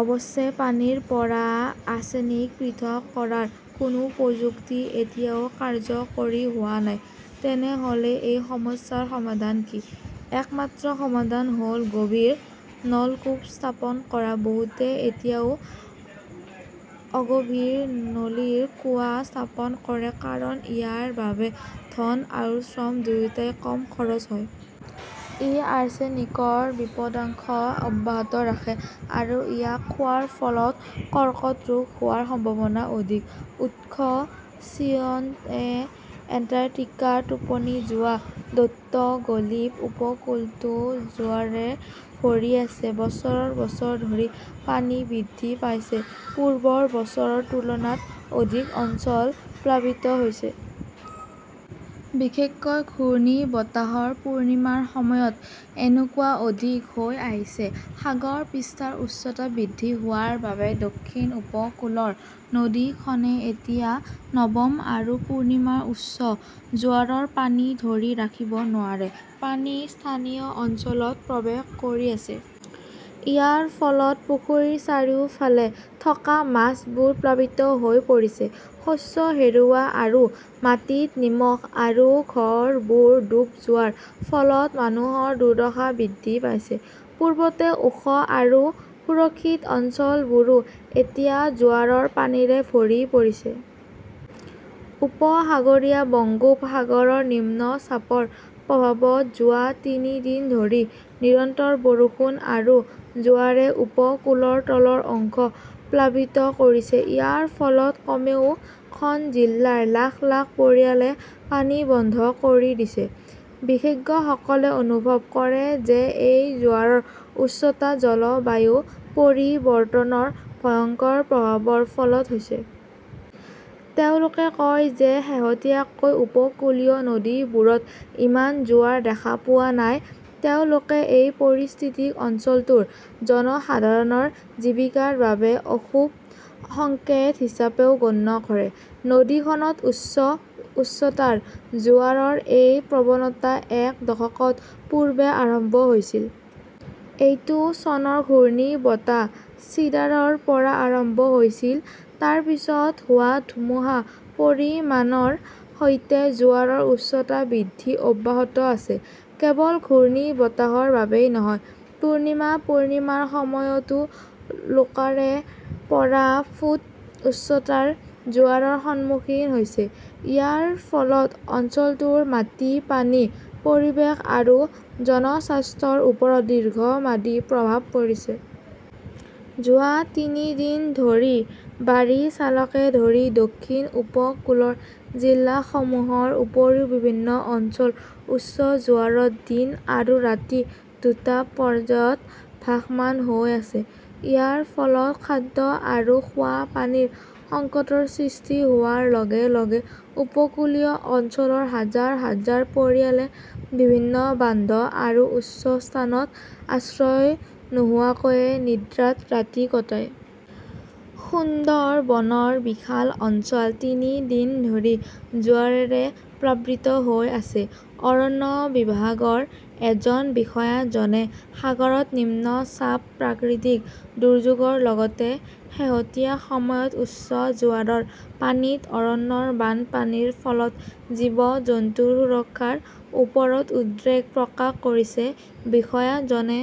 অৱশ্যে, পানীৰ পৰা আৰ্ছেনিক পৃথক কৰাৰ কোনো প্ৰযুক্তি এতিয়াও কাৰ্যকৰী হোৱা নাই। তেনেহ "লে এই সমস্যাৰ সমাধান কি? একমাত্ৰ সমাধান হ "ল গভীৰ নলকূপ স্থাপন কৰা। বহুতে এতিয়াও অগভীৰ নলীৰ কুঁৱা স্থাপন কৰে কাৰণ ইয়াৰ বাবে ধন আৰু শ্ৰম দুয়োটাই কম খৰচ হয়। ই আৰ্ছেনিকৰ বিপদাশংকা অব্যাহত ৰাখে, আৰু ইয়াক খোৱাৰ ফলত কৰ্কট ৰোগ হোৱাৰ সম্ভাৱনা অধিক। উৎসঃ চিএনএন। এণ্টাৰ্কটিকাৰ 'টোপনি যোৱা দৈত্য' গলিব উপকূলটো জোৱাৰেৰে ভৰি আছে। বছৰ বছৰ ধৰি পানী বৃদ্ধি পাইছে, পূৰ্বৰ বছৰৰ তুলনাত অধিক অঞ্চল প্লাবিত হৈছে। বিশেষকৈ ঘূৰ্ণীবতাহৰ পূৰ্ণিমাৰ সময়ত এনেকুৱা অধিক হৈ আহিছে। সাগৰ পৃষ্ঠৰ উচ্চতা বৃদ্ধি হোৱাৰ বাবে দক্ষিণ উপকূলৰ নদীখনে এতিয়া নৱম বা পূৰ্ণিমাৰ উচ্চ জোৱাৰৰ পানী ধৰি ৰাখিব নোৱাৰে। পানী স্থানীয় অঞ্চলত প্ৰৱেশ কৰি আছে। ইয়াৰ ফলত পুখুৰীৰ চাৰিওফালে থকা মাছবোৰ প্লাবিত হৈ পৰিছে; শস্য হেৰুওৱা আৰু মাটিত নিমখ আৰু ঘৰবোৰ ডুব যোৱাৰ ফলত মানুহৰ দুৰ্দশা বৃদ্ধি পাইছে। পূৰ্বতে ওখ আৰু সুৰক্ষিত অঞ্চলবোৰো এতিয়া জোৱাৰৰ পানীৰে ভৰি পৰিছে। উপসাগৰীয় বংগোপসাগৰৰ নিম্নচাপৰ প্ৰভাৱত যোৱা তিনি দিন ধৰি নিৰন্তৰ বৰষুণ আৰু জোৱাৰে উপকূলৰ তলৰ অংশ প্লাবিত কৰিছে। ইয়াৰ ফলত কমেও খন জিলাৰ লাখ লাখ পৰিয়ালে পানী বন্ধ কৰি দিছে। বিশেষজ্ঞসকলে অনুভৱ কৰে যে এই জোৱাৰৰ উচ্চতা জলবায়ু পৰিৱৰ্তনৰ ভয়ংকৰ প্ৰভাৱৰ ফলত হৈছে। তেওঁলোকে কয় যে শেহতীয়াকৈ উপকূলীয় নদীবোৰত ইমান জোৱাৰ দেখা পোৱা নাই। তেওঁলোকে এই পৰিস্থিতিক অঞ্চলটোৰ জনসাধাৰণৰ জীৱিকাৰ বাবে অশুভ সংকেত হিচাপেও গণ্য কৰে। নদীখনত উচ্চ উচ্চতাৰ জোৱাৰৰ এই প্ৰৱণতা এক দশক পূৰ্বে আৰম্ভ হৈছিল। এইটো চনৰ ঘূৰ্ণীবতাহ চিডাৰৰ পৰা আৰম্ভ হৈছিল। তাৰ পিছত হোৱা ধুমুহাৰ পৰিমাণৰ সৈতে, জোৱাৰৰ উচ্চতা বৃদ্ধি অব্যাহত আছে। কেৱল ঘূৰ্ণীবতাহৰ বাবেই নহয়, পূৰ্ণিমা-পূৰ্ণিমাৰ সময়তও লোকালে ৰ পৰা ফুট উচ্চতাৰ জোৱাৰৰ সন্মুখীন হৈছে। ইয়াৰ ফলত অঞ্চলটোৰ মাটি, পানী, পৰিৱেশ আৰু জনস্বাস্থ্যৰ ওপৰত দীৰ্ঘম্যাদী প্ৰভাৱ পৰিছে। যোৱা তিনি দিন ধৰি বাৰিছালকে ধৰি দক্ষিণ উপকূলৰ জিলাসমূহৰ উপৰিও বিভিন্ন অঞ্চল উচ্চ জোৱাৰত দিন আৰু ৰাতি দুটা পৰ্যায়ত ভাসমান হৈ আছে। ইয়াৰ ফলত খাদ্য আৰু খোৱা পানীৰ সংকটৰ সৃষ্টি হোৱাৰ লগে লগে উপকূলীয় অঞ্চলৰ হাজাৰ হাজাৰ পৰিয়ালে বিভিন্ন বান্ধ আৰু উচ্চ স্থানত আশ্ৰয় নোহোৱাকৈ নিদ্ৰাত ৰাতি কটায়। সুন্দৰবনৰ বিশাল অঞ্চল তিনি দিন ধৰি জোৱাৰেৰে প্লাবিত হৈ আছে। অৰণ্য বিভাগৰ এজন বিষয়াজনে সাগৰত নিম্ন চাপ, প্ৰাকৃতিক দুৰ্যোগৰ লগতে শেহতীয়া সময়ত উচ্চ জোৱাৰৰ পানীত অৰণ্যৰ বানপানীৰ ফলত জীৱ-জন্তুৰ সুৰক্ষাৰ ওপৰত উদ্বেগ প্ৰকাশ কৰিছে। বিষয়াজনে